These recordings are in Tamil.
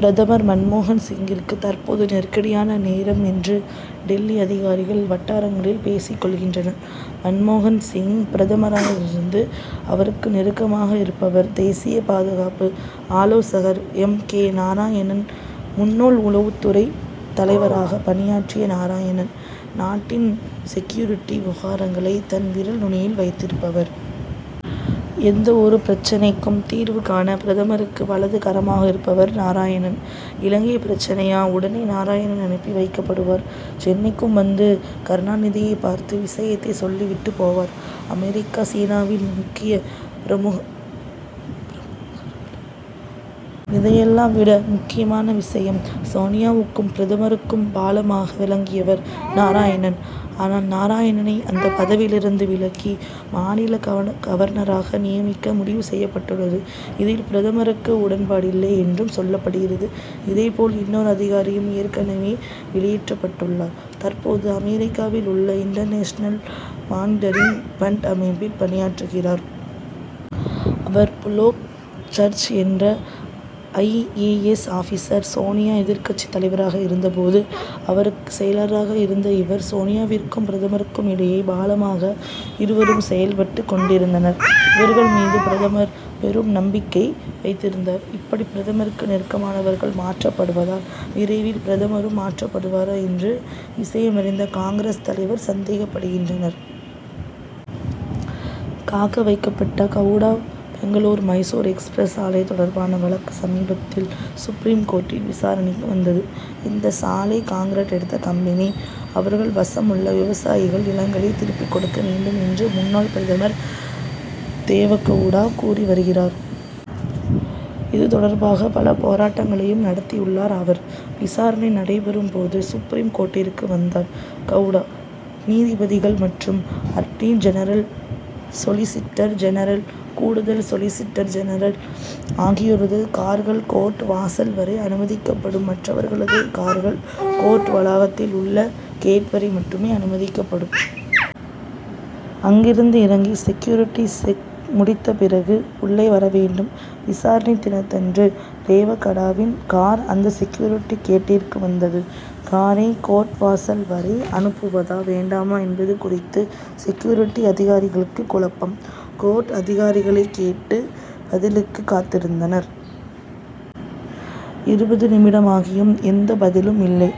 பிரதமர் மன்மோகன் சிங்கிற்கு, தற்போது நெருக்கடியான நேரம் என்று, டில்லி அதிகாரிகள் வட்டாரங்களில் பேசிக் கொள்கின்றனர். மன்மோகன் சிங் பிரதமரானதிலிருந்து, அவருக்கு நெருக்கமாக இருப்பவர், தேசிய பாதுகாப்பு ஆலோசகர் எம். கே. நாராயணன். முன்னாள் உளவுத்துறை தலைவராகப் பணியாற்றிய நாராயணன், நாட்டின் செக்யூரிட்டி விவகாரங்களை, தன் விரல் நுனியில் வைத்திருப்பவர். எந்த ஒரு பிரச்னைக்கும் தீர்வு காண, பிரதமருக்கு வலது கரமாக இருப்பவர் நாராயணன். இலங்கைப் பிரச்னையா, உடனே நாராயணன் அனுப்பி வைக்கப்படுவார்; சென்னைக்கும் வந்து, கருணாநிதியைப் பார்த்து விஷயத்தைச் சொல்லிவிட்டுப் போவார். அமெரிக்கா, சீனாவின் முக்கிய பிரமுகர்களை நேரடியாகப் பார்த்து பேசக்கூடிய ஒரே அதிகாரி நாராயணன் தான் என்று கூறப்படுகிறது. இதையெல்லாம் விட முக்கியமான விஷயம், சோனியாவுக்கும், பிரதமருக்கும் பாலமாக விளங்கியவர் நாராயணன். ஆனால், நாராயணனை அந்தப் பதவியிலிருந்து விலக்கி, மாநில கவர்னராக நியமிக்க முடிவு செய்யப்பட்டுள்ளது. இதில், பிரதமருக்கு உடன்பாடில்லை என்றும் சொல்லப்படுகிறது. இதே போல இன்னொரு அதிகாரியும், ஏற்கனவே வெளியேற்றப்பட்டுள்ளார். தற்போது, அமெரிக்காவில் உள்ள இன்டர்நேஷனல் மானிடரிங் பண்ட் அமைப்பில் பணியாற்றுகிறார். அவர், புலோக் சட்டர்ஜி என்ற I. A. S., officer. Sonia எதிர்க்கட்சி தலைவராக இருந்த போது, அவருக்கு செயலராக இருந்தார் இவர். சோனியாவிற்கும், பிரதமருக்கும் இடையே பாலமாக, இவரும் செயல்பட்டுக் கொண்டிருந்தார். இவர் மீது பிரதமர், பெரும் நம்பிக்கை வைத்திருந்தார். இப்படி, பிரதமருக்கு நெருக்கமானவர்கள் மாற்றப்படுவதால், விரைவில் பிரதமரும் மாற்றப்படுவாரா என்று, விஷயமறிந்த காங்கிரஸ் தலைவர்கள் சந்தேகப்படுகின்றனர். காக்க வைக்கப்பட்ட கவுடா பெங்களூரு மைசூரு எக்ஸ்பிரஸ் சாலை தொடர்பான வழக்கு சமீபத்தில் சுப்ரீம் கோர்ட்டில் விசாரணைக்கு வந்தது. 'இந்த சாலை கான்ட்ராக்ட் எடுத்த கம்பெனி, அவர்கள் வசமுள்ள விவசாயிகள் நிலங் களை திருப்பிக் கொடுக்க வேண்டும்' என்று முன்னாள் பிரதமர் தேவகவுடா கூறி வருகிறார். இது தொடர்பாக பல போராட்டங்களையும் நடத்தியுள்ளார் அவர். விசாரணை நடைபெறும் போது, சுப்ரீம் கோர்ட்டிற்கு வந்தார் கவுடா. நீதிபதிகள் மற்றும் அட்டர்னி ஜெனரல், சொலிசிட்டர் ஜெனரல், கூடுதல் சொலிசிட்டர் ஜெனரல் ஆகியோரது கார்கள், கோர்ட் வாசல் வரை அனுமதிக்கப்படும். மற்றவர்களது கார்கள், கோர்ட் வளாகத்தில் உள்ள கேட் வரை மட்டுமே அனுமதிக்கப்படும். அங்கிருந்து இறங்கி செக்யூரிட்டி செக் முடித்த பிறகு உள்ளே வர வேண்டும். விசாரணை தினத்தன்று, தேவகவுடாவின் கார், அந்த செக்யூரிட்டி கேட்டிற்கு வந்தது. காரை கோர்ட் வாசல் வரை அனுப்புவதா, வேண்டாமா என்பது குறித்து, செக்யூரிட்டி அதிகாரிகளுக்கு குழப்பம். கோர்ட் அதிகாரிகளைக் கேட்டு, பதிலுக்கு காத்திருந்தனர். இருபது நிமிடமாகியும் எந்த பதிலும் இல்லை.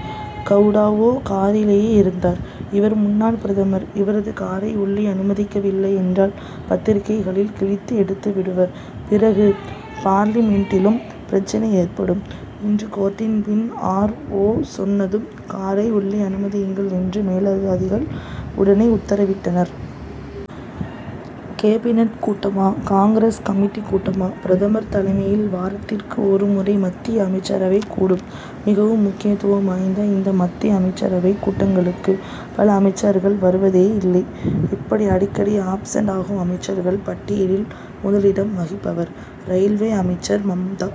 கவுடாவோ காரிலேயே காத்திருந்தார். 'இவர் முன்னாள் பிரதமர். இவரது காரை உள்ளே அனுமதிக்கவில்லையென்றால், பத்திரிகைகளில் கிழித்து எடுத்து விடுவர்; பிறகு பார்லிமென்டிலும் பிரச்னை ஏற்படும்' என்று கோர்ட்டின் பி. ஆர். ஓ., சொன்னதும், 'காரை உள்ளே அனுமதியுங்கள்' என்று மேலதிகாரிகள் உடனே உத்தரவிட்டனர். கேபினட் கூட்டமா, காங்கிரஸ் கமிட்டி கூட்டமா? பிரதமர் தலைமையில், வாரத்திற்கு ஒரு முறை மத்திய அமைச்சரவை கூடும். மிகவும் முக்கியத்துவம் வாய்ந்த இந்த மத்திய அமைச்சரவைக் கூட்டங்களுக்கு, பல அமைச்சர்கள் வருவதேயில்லை. இப்படி அடிக்கடி ஆப்சென்ட் ஆகும் அமைச்சர்கள் பட்டியலில் முதலிடம் வகிப்பவர், ரயில்வே அமைச்சர் மம்தா.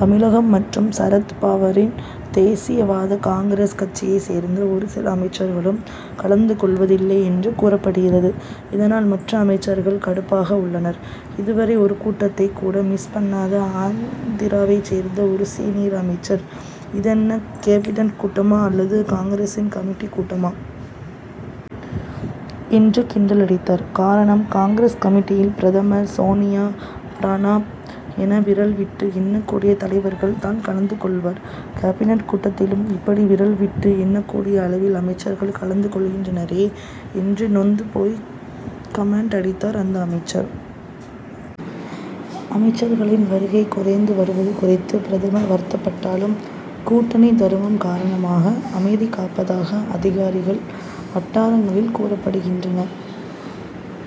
தமிழகம் மற்றும் சரத் பவாரின் தேசியவாத காங்கிரஸ் கட்சியைச் சேர்ந்த ஒரு சில அமைச்சர்களும் கலந்து கொள்வதில்லை என்று கூறப்படுகிறது. இதனால், மற்ற அமைச்சர்கள் கடுப்பாக உள்ளனர். இதுவரை, ஒரு கூட்டத்தைக் கூட மிஸ் பண்ணாத ஆந்திராவைச் சேர்ந்த ஒரு சீனியர் அமைச்சர், 'இதென்ன கேபினட் கூட்டமா அல்லது காங்கிரசின் கமிட்டி கூட்டமா? ' என்று கிண்டலடித்தார். காரணம், காங்கிரஸ் கமிட்டியில் பிரதமர், சோனியா, பிரணாப் என, விரல் விட்டு எண்ணக்கூடிய தலைவர்கள் தான் கலந்து கொள்வர். 'கேபினட் கூட்டத்திலும் இப்படி விரல் விட்டு எண் ணக்கூடிய அளவில் அமைச்சர்கள் கலந்து கொள்கின்றனரே' என்று நொந்து போய், 'கமென்ட்' அடித்தார் அந்த அமைச்சர். அமைச்சர்களின் வருகை குறைந்து வருவது குறித்து பிரதமர் வருத்தப்பட்டாலும், கூட்டணி தர்மம் காரணமாக அமைதி காப்பதாக, அதிகாரிகள் வட்டாரங்களில் கூறப்படுகின்றன.